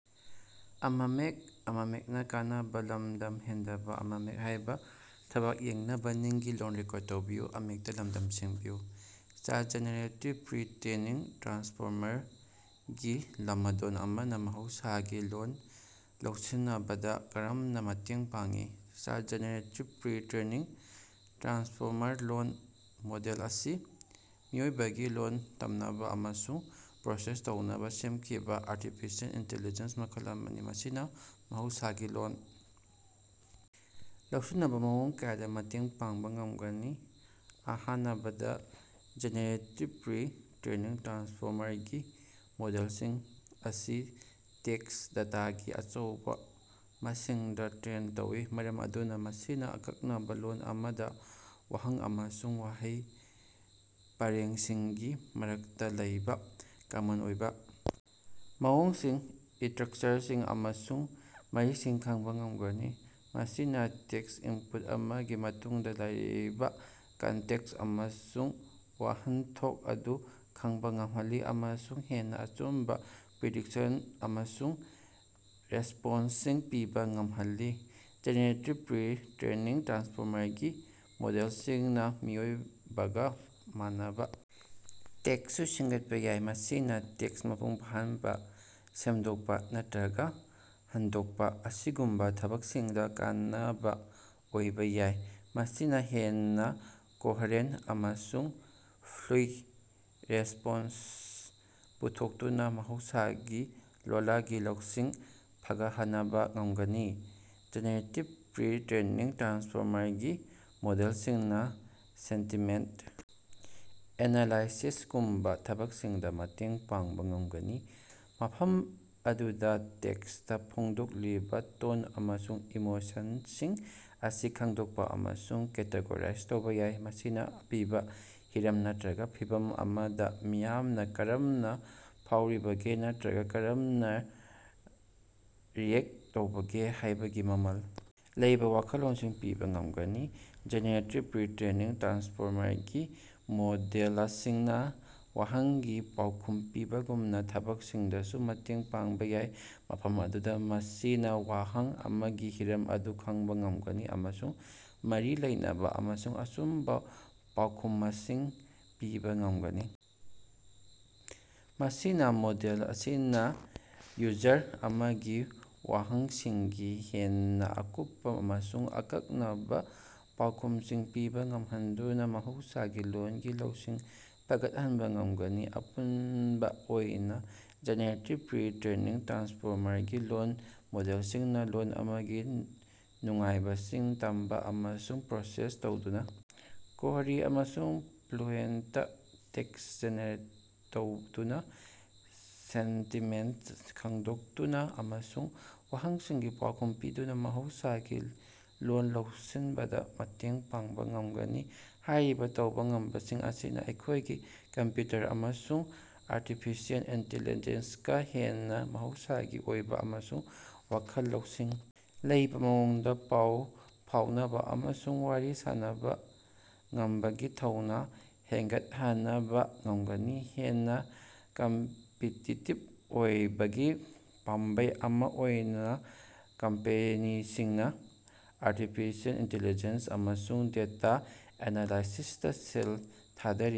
ꯆꯥꯠ generative pretrained transformer ꯒꯤ ꯂꯃꯗꯦꯜ ꯑꯃꯅꯥ ꯃꯍꯧꯁꯥꯒꯤ ꯂꯣꯜ ꯂꯧꯁꯤꯅꯕꯗꯥ ꯀꯔꯝꯅꯥ ꯃꯇꯦꯡ ꯄꯥꯡꯒꯅꯤ? ꯆꯥꯠ ꯖꯦꯅꯦꯔꯦꯇꯤꯕ ꯄ꯭ꯔꯤ-ꯇ꯭ꯔꯦꯅꯤꯡ ꯇ꯭ꯔꯥꯟꯁꯐꯣꯔꯃꯔ ꯂꯣꯜ ꯃꯣꯗꯦꯜ ꯑꯁꯤ ꯃꯤꯑꯣꯏꯕꯒꯤ ꯂꯣꯜ ꯇꯝꯅꯕꯥ ꯑꯃꯁꯨꯡ ꯄ꯭ꯔꯣꯁꯦꯁ ꯇꯧꯅꯕꯥ ꯁꯦꯝꯈꯤꯕꯥ ꯑꯥꯔꯇꯤꯐꯤꯁꯤꯑꯦꯜ ꯏꯟꯇꯦꯂꯤꯖꯦꯟ꯭ꯁ ꯃꯈꯜ ꯑꯃꯅꯤ꯫ ꯃꯁꯤꯅꯥ ꯃꯍꯧꯁꯥꯒꯤ ꯂꯣꯜ ꯂꯧꯁꯤꯟꯕꯗꯥ ꯃꯑꯣꯡ ꯀꯌꯥꯗꯥ ꯃꯇꯦꯡ ꯄꯥꯡꯕꯥ ꯉꯝꯒꯅꯤ: ꯑꯍꯥꯅꯕꯗꯥ, ꯖꯦꯅꯦꯔꯦꯇꯤꯕ ꯄ꯭ꯔꯤ-ꯇ꯭ꯔꯦꯅꯤꯡ ꯇ꯭ꯔꯥꯟꯁꯐꯣꯔꯃꯔ ꯒꯤ ꯃꯣꯗꯦꯜꯁꯤꯡ ꯑꯁꯤ ꯇꯦꯛꯁ ꯗꯦꯇꯥꯒꯤ ꯑꯆꯧꯕꯥ ꯃꯁꯤꯡꯗꯥ ꯇ꯭ꯔꯦꯟ ꯇꯧꯏ, ꯃꯔꯝ ꯑꯗꯨꯅꯥ ꯃꯁꯤꯅꯥ ꯑꯀꯛꯅꯕꯥ ꯂꯣꯜ ꯑꯃꯗꯥ ꯋꯥꯍꯩ ꯑꯃꯁꯨꯡ ꯋꯥꯍꯩ ꯄꯔꯦꯡꯁꯤꯡꯒꯤ ꯃꯔꯛꯇꯥ ꯂꯩꯕꯥ ꯀꯃꯟ ꯑꯣꯏꯕꯥ ꯃꯑꯣꯡꯁꯤꯡ, ꯏꯇ꯭ꯔꯛꯆꯔꯁꯤꯡ, ꯑꯃꯁꯨꯡ ꯃꯔꯤꯁꯤꯡ ꯈꯡꯕꯥ ꯉꯝꯒꯅꯤ꯫ ꯃꯁꯤꯅꯥ ꯇꯦꯛꯁ ꯏꯟꯄꯨꯠ ꯑꯃꯒꯤ ꯃꯇꯨꯡꯗꯥ ꯂꯩꯔꯤꯕꯥ ꯀꯟꯇꯦꯛꯁ ꯑꯃꯁꯨꯡ ꯋꯍꯟꯊꯣꯛ ꯑꯗꯨ ꯈꯡꯕꯥ ꯉꯝꯍꯜꯂꯤ ꯑꯃꯁꯨꯡ ꯍꯦꯟꯅꯥ ꯑꯆꯨꯝꯕꯥ ꯄ꯭ꯔꯤꯗꯤꯛꯁꯟ ꯑꯃꯁꯨꯡ ꯔꯦꯁꯄꯣꯟ꯭ꯁꯁꯤꯡ ꯄꯤꯕꯥ ꯉꯝꯍꯜꯂꯤ꯫ ꯖꯦꯅꯦꯔꯦꯇꯤꯕ ꯄ꯭ꯔꯤ-ꯇ꯭ꯔꯦꯅꯤꯡ ꯇ꯭ꯔꯥꯟꯁꯐꯣꯔꯃꯔ ꯒꯤ ꯃꯣꯗꯦꯂꯁꯤꯡꯅꯥ ꯃꯤꯑꯣꯏꯕꯒꯥ ꯃꯥꯟꯅꯕꯥ ꯇꯦꯛ꯭ꯁꯁꯨ ꯁꯦꯝꯒꯠꯄꯥ ꯌꯥꯏ, ꯃꯁꯤꯅꯥ ꯇꯦꯛꯁ ꯃꯄꯨꯡ ꯐꯥꯍꯟꯕꯥ, ꯁꯦꯝꯗꯣꯛꯄꯥ, ꯅꯠꯔꯒꯥ ꯍꯟꯗꯣꯛꯄꯥ ꯑꯁꯤꯒꯨꯝꯕꯥ ꯊꯕꯛꯁꯤꯡꯗꯥ ꯀꯥꯟꯅꯕꯥ ꯑꯣꯏꯕꯥ ꯌꯥꯏ꯫ ꯃꯁꯤꯅꯥ ꯍꯦꯟꯅꯥ ꯀꯣꯍꯔꯦꯟ ꯑꯃꯁꯨꯡ ꯐ꯭ꯂꯨꯏꯗ ꯔꯦꯁꯄꯣꯟꯁ ꯄꯨꯊꯣꯛꯇꯨꯅꯥ ꯃꯍꯧꯁꯥꯒꯤ ꯂꯣꯂꯒꯤ ꯂꯧꯁꯤꯡ ꯐꯒꯠꯍꯅꯕꯥ ꯉꯃꯒꯅꯤ꯫ ꯖꯦꯅꯦꯔꯦꯇꯤꯕ ꯄ꯭ꯔꯤ-ꯇ꯭ꯔꯦꯅꯤꯡ ꯇ꯭ꯔꯥꯟꯁꯐꯣꯔꯃꯔ ꯒꯤ ꯃꯣꯗꯦꯜꯁꯤꯡꯅꯥ ꯁꯦꯟꯇꯤꯃꯦꯟꯇ ꯑꯦꯅꯥꯂꯥꯏꯁꯤꯁꯒꯨꯝꯕꯥ ꯊꯕꯛꯁꯤꯡꯗꯥ ꯃꯇꯦꯡ ꯄꯥꯡꯕꯥ ꯉꯝꯒꯅꯤ, ꯃꯐꯝ ꯑꯗꯨꯗꯥ ꯇꯦꯛꯁꯇꯥ ꯐꯣꯡꯗꯣꯛꯂꯤꯕꯥ ꯇꯣꯟ ꯑꯃꯁꯨꯡ ꯏꯃꯣꯁꯟꯁꯤꯡ ꯑꯁꯤ ꯈꯡꯗꯣꯛꯄꯥ ꯑꯃꯁꯨꯡ ꯀꯦꯇꯦꯒꯣꯔꯥ꯭ꯖ ꯇꯧꯕꯥ ꯌꯥꯏ꯫ ꯃꯁꯤꯅꯥ ꯑꯄꯤꯕꯥ ꯍꯤꯔꯝ ꯅꯠꯇ꯭ꯔꯒꯥ ꯐꯤꯚꯝ ꯑꯃꯗꯥ ꯃꯤꯌꯥꯝꯅꯥ ꯀꯔꯝꯅꯥ ꯐꯥꯎꯔꯤꯕꯒꯦ ꯅꯠꯇ꯭ꯔꯒꯥ ꯀꯔꯝꯅꯥ ꯔꯤꯑꯦꯛ ꯇꯧꯕꯒꯦ ꯍꯥꯌꯕꯒꯤ ꯃꯃꯜ ꯂꯩꯕꯥ ꯋꯥꯈꯜꯂꯣꯅꯁꯤꯡ ꯄꯤꯕꯥ ꯉꯝꯒꯅꯤ꯫ ꯖꯦꯅꯦꯔꯦꯇꯤꯕ ꯄ꯭ꯔꯤ-ꯇ꯭ꯔꯦꯅꯤꯡ ꯇ꯭ꯔꯥꯟꯁꯐꯣꯔꯃꯔ ꯒꯤ ꯃꯣꯗꯦꯂꯁꯤꯡꯅꯥ ꯋꯥꯍꯪꯒꯤ ꯄꯥꯎꯈꯨꯝ ꯄꯤꯕꯒꯨꯝꯕꯥ ꯊꯕꯛꯁꯤꯡꯗꯁꯨ ꯃꯇꯦꯡ ꯄꯥꯡꯕꯥ ꯌꯥꯏ, ꯃꯐꯝ ꯑꯗꯨꯗꯥ ꯃꯁꯤꯅꯥ ꯋꯥꯍꯪ ꯑꯃꯒꯤ ꯍꯤꯔꯝ ꯑꯗꯨ ꯈꯡꯕꯥ ꯉꯝꯒꯅꯤ ꯑꯃꯁꯨꯡ ꯃꯔꯤ ꯂꯩꯅꯕꯥ ꯑꯃꯁꯨꯡ ꯑꯆꯨꯝꯕꯥ ꯄꯥꯎꯈꯨꯃꯁꯤꯡ ꯄꯤꯕꯥ ꯉꯝꯒꯅꯤ꯫ ꯃꯁꯤꯅꯥ ꯃꯣꯗꯦꯜ ꯑꯁꯤꯅꯥ ꯌꯨꯖꯔ ꯑꯃꯒꯤ ꯋꯥꯍꯪꯁꯤꯡꯒꯤ ꯍꯦꯟꯅꯥ ꯑꯀꯨꯞꯄꯥ ꯑꯃꯁꯨꯡ ꯑꯀꯛꯅꯕꯥ ꯄꯥꯎꯈꯨꯝꯁꯤꯡ ꯄꯤꯕꯥ ꯉꯝꯍꯟꯗꯨꯅꯥ ꯃꯍꯧꯁꯥꯒꯤ ꯂꯣꯜꯒꯤ ꯂꯧꯁꯤꯡ ꯐꯒꯠꯍꯟꯕꯥ ꯉꯝꯒꯅꯤ꯫ ꯑꯄꯨꯟꯕꯥ ꯑꯣꯏꯅꯥ, ꯖꯦꯅꯦꯔꯦꯇꯤꯕ ꯄ꯭ꯔꯤ-ꯇ꯭ꯔꯦꯅꯤꯡ ꯇ꯭ꯔꯥꯟꯁꯐꯣꯔꯃꯔ ꯒꯤ ꯂꯣꯜ ꯃꯣꯗꯦꯂꯁꯤꯡꯅꯥ ꯂꯣꯜ ꯑꯃꯒꯤ ꯅꯨꯡꯉꯥꯏꯕꯁꯤꯡ ꯇꯝꯕꯥ ꯑꯃꯁꯨꯡ ꯄ꯭ꯔꯣꯁꯦꯁ ꯇꯧꯗꯨꯅꯥ, ꯀꯣꯍꯔꯤ ꯑꯃꯁꯨꯡ ꯐ꯭ꯂꯨꯑꯦꯟꯇ ꯇꯦꯛꯁ ꯖꯦꯅꯦꯔꯦꯠ ꯇꯧꯗꯨꯅꯥ, ꯁꯦꯟꯇꯤꯃꯦꯟꯇ ꯈꯉꯗꯣꯛꯇꯨꯅꯥ, ꯑꯃꯁꯨꯡ ꯋꯥꯍꯪꯁꯤꯡꯒꯤ ꯄꯥꯎꯈꯨꯝ ꯄꯤꯗꯨꯅꯥ ꯃꯍꯧꯁꯥꯒꯤ ꯂꯣꯜ ꯂꯧꯁꯤꯟꯕꯗꯥ ꯃꯇꯦꯡ ꯄꯥꯡꯕꯥ ꯉꯃꯒꯅꯤ꯫ ꯍꯥꯏꯔꯤꯕꯥ ꯇꯧꯕꯥ ꯉꯝꯕꯁꯤꯡ ꯑꯁꯤꯅꯥ ꯑꯩꯈꯣꯌꯒꯤ ꯀꯝꯞꯌꯨꯇꯔ ꯑꯃꯁꯨꯡ ꯑꯥꯔꯇꯤꯐꯤꯁꯤꯑꯦꯜ ꯏꯟꯇꯦꯂꯤꯖꯦꯟꯁꯀꯥ ꯍꯦꯟꯅꯥ ꯃꯍꯧꯁꯥꯒꯤ ꯑꯣꯏꯕꯥ ꯑꯃꯁꯨꯡ ꯋꯥꯈꯜ ꯂꯧꯁꯤꯡ ꯂꯩꯕꯥ ꯃꯑꯣꯡꯗꯥ ꯄꯥꯎ ꯐꯥꯑꯣꯅꯕꯥ ꯑꯃꯁꯨꯡ ꯋꯥꯔꯤ ꯁꯥꯅꯕꯥ ꯉꯝꯕꯒꯤ ꯊꯧꯅꯥ ꯍꯦꯟꯒꯠꯍꯅꯕꯥ ꯉꯝꯒꯅꯤ꯫ ꯍꯦꯟꯅꯥ ꯀꯝꯄꯤꯇꯤꯇꯤꯕ ꯑꯣꯏꯅꯕꯒꯤ ꯄꯥꯝꯕꯩ ꯑꯃꯥ ꯑꯣꯏꯅꯥ ꯀꯝꯄꯦꯅꯤꯁꯤꯡꯅꯥ ꯑꯥꯔꯇꯤꯐꯤꯁꯤꯑꯦꯜ ꯏꯟꯇꯤꯂꯤꯖꯦꯟꯁ ꯑꯃꯁꯨꯡ ꯗꯦꯇꯥ ꯑꯦꯅꯥꯂꯥꯏꯁꯤꯁꯇꯥ ꯁꯦꯜ ꯊꯥꯗꯔꯤ꯫